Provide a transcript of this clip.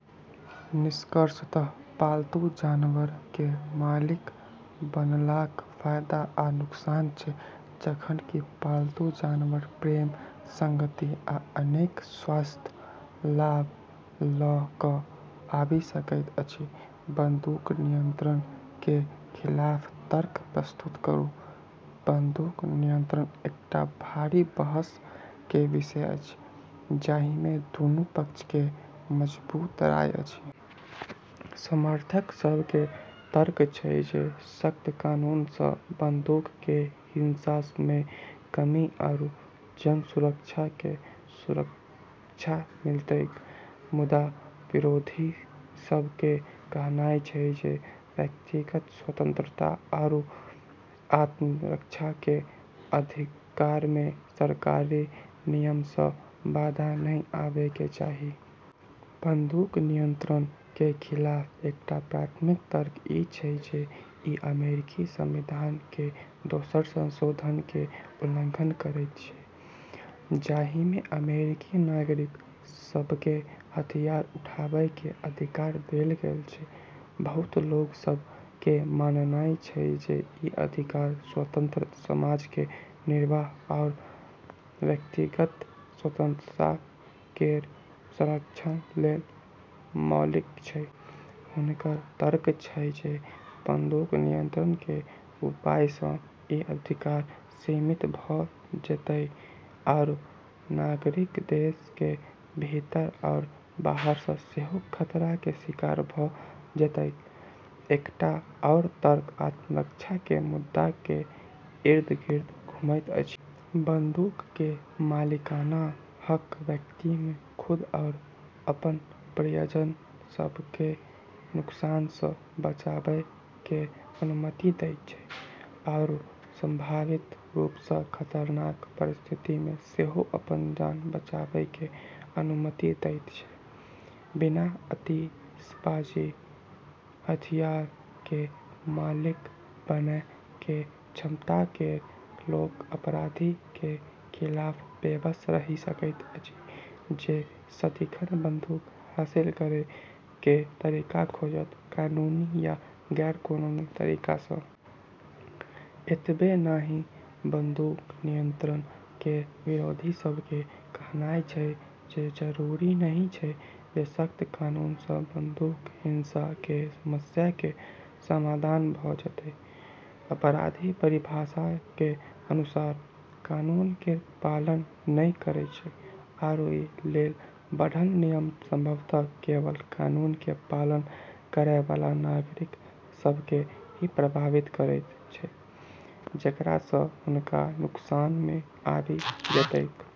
निष्कर्षतः पालतू जानवर केर मालिक बनलाक फायदा आ नुकसान छै। जखन कि पालतू जानवर प्रेम, संगति, आ अनेक स्वास्थ्य लाभ ल' कऽ आबि सकैत अछि। बंदूक नियंत्रण केर खिलाफ तर्क प्रस्तुत करू। बंदूक नियंत्रण एकटा भारी बहस केर विषय अछि जाहिमे दुनू पक्ष केर मजबूत राय अछि। समर्थक सभ केर तर्क छै जे सख्त कानूनसँ बंदूक केर हिंसामे कमी आरू जन सुरक्षा केर सुरक्षा मिलतैक, मुदा विरोधी सभ केर कहनाय छै जे व्यक्तिगत स्वतंत्रता आरू आत्मरक्षा केर अधिकारमे सरकारी नियमनसँ बाधा नहि आबै के चाही। बंदूक नियंत्रण केर खिलाफ एकटा प्राथमिक तर्क ई छै जे ई अमेरिकी संविधान केर दोसर संशोधन केर उल्लंघन करैत छै, जाहिमे अमेरिकी नागरिक सभकेँ हथियार उठाबै केर अधिकार देल गेल छै। बहुत लोग सभ केर माननाय छै जे ई अधिकार स्वतंत्र समाज केर निर्वाह आरू व्यक्तिगत स्वतंत्रता केर संरक्षण लेल मौलिक छै। हुनकर तर्क छै जे बंदूक नियंत्रण केर उपायसँ ई अधिकार सीमित भऽ जेतैक आरू नागरिक देश केर भीतर आरू बाहरसँ सेहो खतरा केर शिकार भऽ जेतैक। एकटा आओर तर्क आत्मरक्षा केर मुद्दा केर इर्द-गिर्द घूमैत अछि। बंदूक केर मालिकाना हक व्यक्तिमे खुद आरू अपन प्रियजन सभकेँ नुकसानसँ बचाबै केर अनुमति दैत छै आरू संभावित रूपसँ खतरनाक परिस्थितिमे सेहो अपन जान बचाबै केर अनुमति दैत छै। बिना आतिशबाजी (हथियार) केर मालिक बनै केर क्षमता केर लोक अपराधी केर खिलाफ बेबस रहि सकैत अछि जे सदिखन बंदूक हासिल करै केर तरीका खोजत, कानूनी या गैर-कानूनी तरीकासँ। एतबे नहि, बंदूक नियंत्रण केर विरोधी सभ केर कहनाय छै जे जरूरी नहि छै जे सख्त कानूनसँ बंदूक हिंसा केर समस्या केर समाधान भऽ जेतैक। अपराधी, परिभाषा केर अनुसार, कानून केर पालन नहि करैत छै, आरू ई लेल बढ़ल नियम संभवतः केवल कानून केर पालन करैबला नागरिक सभकेँ ही प्रभावित करतैक, जेकरासँ हुनका नुकसानमे आबि जेतैक।